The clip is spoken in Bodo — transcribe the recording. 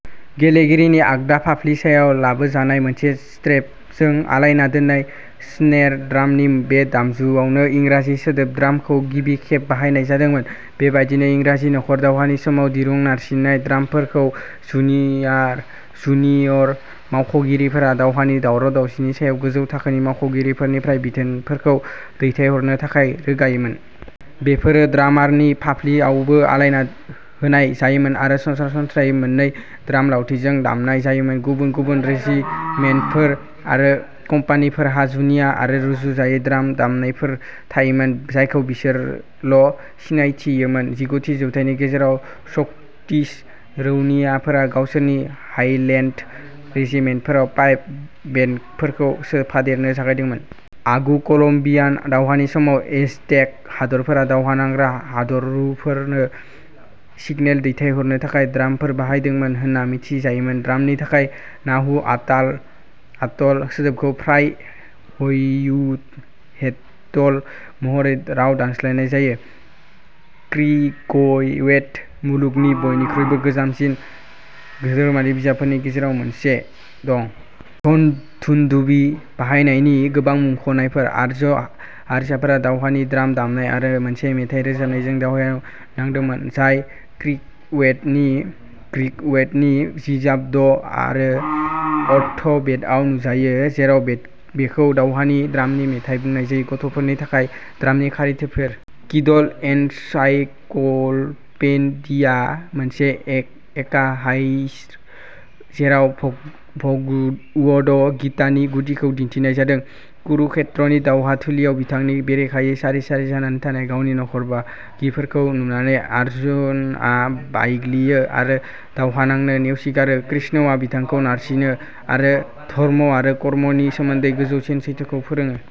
गेलेगिरिनि आगदा फाफ्लि सायाव लाबोजानाय, मोनसे स्ट्रेपजों आलायना दोननाय स्नेर ड्रामनि। बे दामजुआवनो इंराजि सोदोब "ड्राम" खौ गिबि खेब बाहायनाय जादोंमोन। बेबायदिनो, इंराजि न'खर दावहानि समाव दिरुं नारसिननाय ड्रामफोरखौ जुनियर मावख'गिरिफोरा दावहानि दावराव दावसिनि सायाव गोजौ थाखोनि मावख'गिरिफोरनिफ्राय बिथोनफोरखौ दैथायहरनो थाखाय रोगायोमोन। बेफोरो ड्रामारनि फाफ्लिआवबो आलायना होनाय जायोमोन आरो सरासनस्रायै मोननै ड्राम लावथिजों दामनाय जायोमोन। गुबुन गुबुन रेजिमेन्टफोर आरो कम्पानिफोरहा जुनिया आरो रुजुजायै ड्राम दामनायफोर थायोमोन, जायखौ बिसोरल' सिनायथियोमोन। जिगुथि जौथाइनि गेजेराव, स्कटिस रौनियाफोरा गावसोरनि हाइलेन्ड रेजिमेन्टफोराव पाइप बेन्डफोरखौ सोफादेरनो जागायदोंमोन। आगु कलम्बियान दावहानि समाव, एजटेक हादोरफोरा दावहा नांग्रा दावहारुफोरनो सिगनेल दैथायहरनो थाखाय ड्रामफोर बाहायदोंमोन होनना मिथिजायोमोन। ड्रामनि थाखाय नाहुआतल सोदोबखौ फ्राय ह्युहेटल महरै राव दानस्लायनाय जायो। ऋग्वेद, मुलुगनि बयनिख्रुइबो गोजामसिन धोरोमारि बिजाबफोरनि गेजेराव मोनसे, दं। दुन्धुबि बाहायनायनि गोबां मुंख'नायफोर। आर्य हारिसाफोरा दावहानि द्राम दामनाय आरो मोनसे मेथाइ रोजाबनायजों दावहायाव नांदोंमोन, जाय ऋग्वेदनि बिजाब द' आरो अथर्व बेदआव नुजायो, जेराव बेखौ "दावहानि द्रामनि मेथाइ" बुंनाय जायो। गथ'फोरनि थाखाय द्रामनि खारिथिफोर। किडल एनसाइक्लपेडिया। मोनसे एकाहार्या जेराव भगवद गीतानि गुदिखौ दिन्थिनाय जादों। कुरुक्षेत्रनि दावहाथिलियाव बिथांनि बेरेखायै सारि सारि जानानै थानाय गावनि न'खर बाहागिफोरखौ नुनानै, अर्जुनआ बायग्लियो आरो दावहा नांनो नेवसिगारो। कृष्णआ बिथांखौ नारसिङो आरो धर्म आरो कर्मनि सोमोन्दै गोजौसिन सैथोखौ फोरोङो।